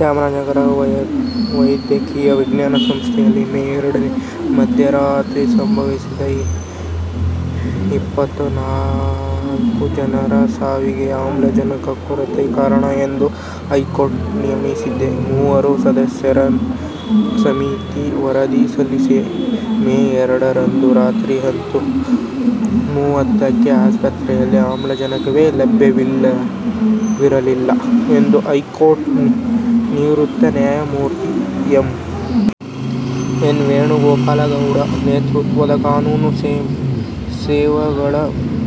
ಚಾಮರಾಜನಗರ ವೈದ್ಯಕೀಯ ವಿಜ್ಞಾನ ಸಂಸ್ಥೆಯಲ್ಲಿ ಮೇ ಎರಡರ ಮಧ್ಯರಾತ್ರಿ ಸಂಭವಿಸಿದ ಇಪ್ಪತ್ತ ನಾಲ್ಕು ಜನರ ಸಾವಿಗೆ ಆಮ್ಲಜನಕ ಕೊರತೆಯೇ ಕಾರಣ ಎಂದು ಹೈಕೋರ್ಟ್ ನೇಮಿಸಿದ್ದ ಮೂವರು ಸದಸ್ಯರ ಸಮಿತಿ ವರದಿ ಸಲ್ಲಿಸಿದೆ. ಮೇ ಎರಡರಂದು ರಾತ್ರಿ ಹತ್ತು ಮೂವತ್ತಕ್ಕೆ ಆಸ್ಪತ್ರೆಯಲ್ಲಿ ಆಮ್ಲಜನಕವೇ ಲಭ್ಯವಿರಲಿಲ್ಲ' ಎಂದು ಹೈಕೋರ್ಟ್ ನಿವೃತ್ತ ನ್ಯಾಯಮೂರ್ತಿ ಎ. ಎನ್. ವೇಣುಗೋಪಾಲಗೌಡ ನೇತೃತ್ವದ ಕಾನೂನು ಸೇವೆಗಳ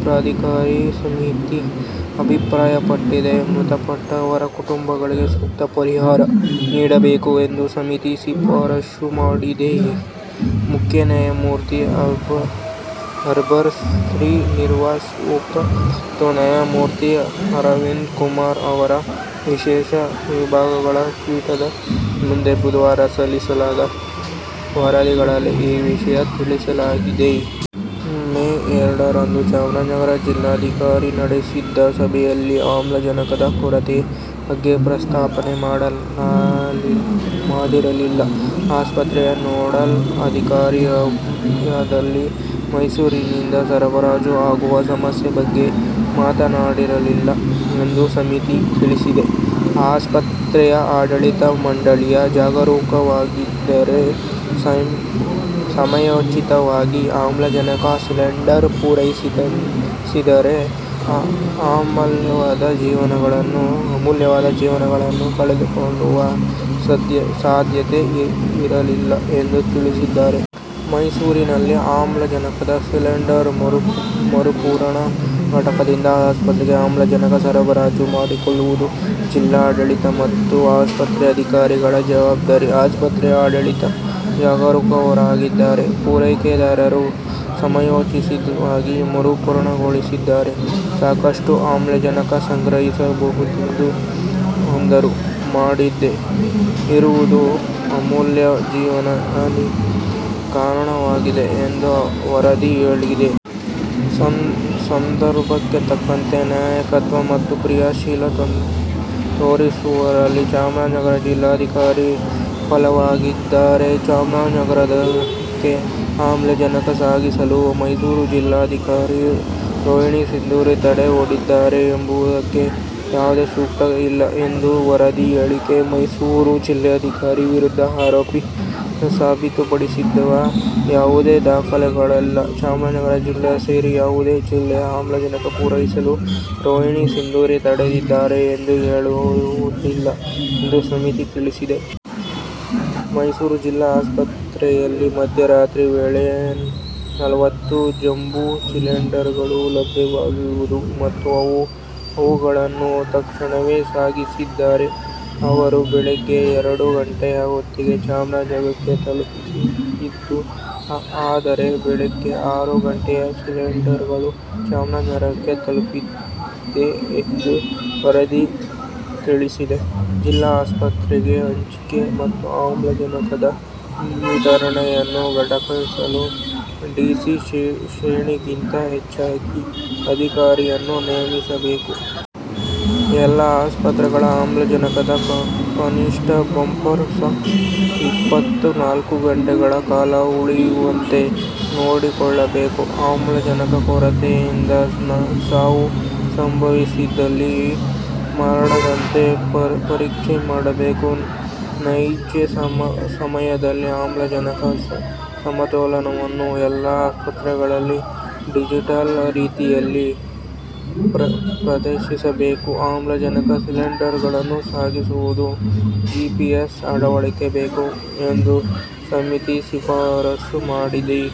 ಪ್ರಾಧಿಕಾರದ ಸಮಿತಿ ಅಭಿಪ್ರಾಯಪಟ್ಟಿದೆ. ಮೃತಪಟ್ಟವರ ಕುಟುಂಬಗಳಿಗೆ ಸೂಕ್ತ ಪರಿಹಾರ ನೀಡಬೇಕು ಎಂದು ಸಮಿತಿ ಶಿಫಾರಸು ಮಾಡಿದೆ. ಮುಖ್ಯ ನ್ಯಾಯಮೂರ್ತಿ ಅಭಯ್ ಶ್ರೀನಿವಾಸ್ ಓಕಾ ಮತ್ತು ನ್ಯಾಯಮೂರ್ತಿ ಅರವಿಂದ್ ಕುಮಾರ್ ಅವರ ವಿಶೇಷ ವಿಭಾಗದ ಪೀಠದ ಮುಂದೆ ಬುಧವಾರ ಸಲ್ಲಿಸಲಾದ ವರದಿಯಲ್ಲಿ ಈ ವಿಷಯ ತಿಳಿಸಲಾಗಿದೆ. ಮೇ ಎರಡರಂದು ಚಾಮರಾಜನಗರ ಜಿಲ್ಲಾಧಿಕಾರಿ ನಡೆಸಿದ ಸಭೆಯಲ್ಲಿ ಆಮ್ಲಜನಕರ ಕೊರತೆ ಬಗ್ಗೆ ಪ್ರಸ್ತಾಪ ಮಾಡಿರಲಿಲ್ಲ, ಆಸ್ಪತ್ರೆಯ ನೋಡಲ್ ಅಧಿಕಾರಿಯಾಗಲಿ ಮೈಸೂರಿನಿಂದ ಸರಬರಾಜು ಆಗುವ ಸಮಸ್ಯೆ ಬಗ್ಗೆ ಮಾತನಾಡಿರಲಿಲ್ಲ ಎಂದು ಸಮಿತಿ ತಿಳಿಸಿದೆ. ಆಸ್ಪತ್ರೆಯ ಆಡಳಿತ ಮಂಡಳಿ ಜಾಗರೂಕವಾಗಿದಿದ್ದರೇ ಸಮಯೋಚಿತವಾಗಿ ಆಮ್ಲಜನಕ ಸಿಲಿಂಡರ್ ಪೂರೈಸಿದ್ದರೆ ಅಮೂಲ್ಯವಾದ ಜೀವಗಳನ್ನು ಕಳೆದುಕೊಳ್ಳುವ ಸಾಧ್ಯತೆ ಇರಲಿಲ್ಲ ಎಂದು ತಿಳಿಸಿದೆ. 'ಮೈಸೂರಿನಲ್ಲಿನ ಆಮ್ಲಜನಕ ಸಿಲಿಂಡರ್ ಮರುಪೂರಣ ಘಟಕದಿಂದ ಆಸ್ಪತ್ರೆಗೆ ಆಮ್ಲಜನಕ ಸರಬರಾಜು ಮಾಡಿಕೊಳ್ಳುವುದು ಜಿಲ್ಲಾಡಳಿತ ಮತ್ತು ಆಸ್ಪತ್ರೆ ಅಧಿಕಾರಿಗಳ ಜವಾಬ್ದಾರಿ. ಆಸ್ಪತ್ರೆಯ ಆಡಳಿತ ಜಾಗರೂಕರಾಗಿದ್ದರೆ, ಪೂರೈಕೆದಾರರು ಸಮಯೋಚಿತವಾಗಿ ಮರುಪೂರಣಗೊಳಿಸಿದ್ದರೆ ಸಾಕಷ್ಟು ಆಮ್ಲಜನಕ ಸಂಗ್ರಹಿಸಬಹುದಿತ್ತು. ಅದನ್ನು ಮಾಡದೆ ಇರುವುದು ಅಮೂಲ್ಯ ಜೀವಗಳ ಹಾನಿಗೆ ಕಾರಣವಾಗಿದೆ' ಎಂದು ವರದಿ ಹೇಳಿದೆ. 'ಸಂದರ್ಭಕ್ಕೆ ತಕ್ಕಂತೆ ನಾಯಕತ್ವ ಮತ್ತು ಕ್ರಿಯಾಶೀಲತೆ ತೋರಿಸುವಲ್ಲಿ ಚಾಮರಾಜನಗರ ಜಿಲ್ಲಾಧಿಕಾರಿ ವಿಫಲವಾಗಿದ್ದಾರೆ. ಚಾಮರಾಜನಗರಕ್ಕೆ ಆಮ್ಲಜನಕ ಸಾಗಿಸಲು ಮೈಸೂರು ಜಿಲ್ಲಾಧಿಕಾರಿ ರೋಹಿಣಿ ಸಿಂಧೂರಿ ತಡೆ ಒಡ್ಡಿದ್ದಾರೆ ಎಂಬುದಕ್ಕೆ ಯಾವುದೇ ಸಾಕ್ಷ್ಯ ಇಲ್ಲ' ಎಂದು ವರದಿ ಹೇಳಿದೆ. ಮೈಸೂರು ಜಿಲ್ಲಾಧಿಕಾರಿ ವಿರುದ್ಧ ಆರೋಪ ಸಾಬೀತುಪಡಿಸುವ ಯಾವುದೇ ದಾಖಲೆಗಳಿಲ್ಲ. ಚಾಮರಾಜನಗರ ಜಿಲ್ಲೆ ಸೇರಿ ಯಾವುದೇ ಜಿಲ್ಲೆಗೆ ಆಮ್ಲಜನಕ ಪೂರೈಸಲು ರೋಹಿಣಿ ಸಿಂಧೂರಿ ತಡೆದಿದ್ದಾರೆ ಎಂದು ಹೇಳಲು ಆಗುವುದಿಲ್ಲ ಎಂದು ಸಮಿತಿ ತಿಳಿಸಿದೆ. ಮೈಸೂರು ಜಿಲ್ಲಾ ಆಸ್ಪತ್ರೆಯಿಂದ ಮಧ್ಯರಾತ್ರಿಯ ವೇಳೆಗೆ ನಲವತ್ತು ಜಂಬೋ ಸಿಲಿಂಡರ್ಗಳು ಲಭ್ಯವಾಗಿದ್ದವು ಮತ್ತು ಅವುಗಳನ್ನು ತಕ್ಷಣವೇ ಸಾಗಿಸಿದ್ದರೆ, ಅವರು ಬೆಳಿಗ್ಗೆ ಎರಡು ಗಂಟೆಯ ಹೊತ್ತಿಗೆ ಚಾಮರಾಜನಗರಕ್ಕೆ ತಲುಪುತ್ತಿತ್ತು. ಆದರೆ ಬೆಳಿಗ್ಗೆ ಆರು ಗಂಟೆಗೆ ಸಿಲಿಂಡರ್ಗಳು ಚಾಮರಾಜನಗರಕ್ಕೆ ತಲುಪಿದೆ ಎಂದು ವರದಿ ತಿಳಿಸಿದೆ. ಜಿಲ್ಲಾ ಆಸ್ಪತ್ರೆಗಳಿಗೆ ಹಂಚಿಕೆ ಮತ್ತು ಆಮ್ಲಜನಕದ ವಿತರಣೆಯನ್ನು ಸಂಘಟಿಸಲು ಡಿಸಿ ಶ್ರೇಣಿಗಿಂತ ಹೆಚ್ಚಿನ ಅಧಿಕಾರಿಯನ್ನು ನೇಮಿಸಬೇಕು. ಎಲ್ಲಾ ಆಸ್ಪತ್ರೆಗಳಲ್ಲಿ ಆಮ್ಲಜನಕದ ಕನಿಷ್ಠ ಬಫರ್ ಸ್ಟಾಕ್ ಇಪ್ಪತ್ತ ನಾಲ್ಕು ಗಂಟೆಗಳ ಕಾಲ ಉಳಿಯುವಂತೆ ನೋಡಿಕೊಳ್ಳಬೇಕು. ಆಮ್ಲಜನಕ ಕೊರತೆಯಿಂದ ಸಾವು ಸಂಭವಿಸಿದಲ್ಲಿ ಮರಣೋತ್ತರ ಪರೀಕ್ಷೆ ಮಾಡಬೇಕು, ನೈಜ ಸಮಯದಲ್ಲಿ ಆಮ್ಲಜನಕದ ಸಮತೋಲನವನ್ನು ಎಲ್ಲಾ ಆಸ್ಪತ್ರೆಗಳಲ್ಲಿ ಡಿಜಿಟಲ್ ರೀತಿಯಲ್ಲಿ ಪ್ರದರ್ಶಿಸಬೇಕು. ಆಮ್ಲಜನಕ ಸಿಲಿಂಡರ್ಗಳನ್ನು ಸಾಗಿಸುವಾಗ ಜಿಪಿಎಸ್ ಅಳವಡಿಸಬೇಕು ಎಂದು ಸಮಿತಿ ಶಿಫಾರಸು ಮಾಡಿದೆ.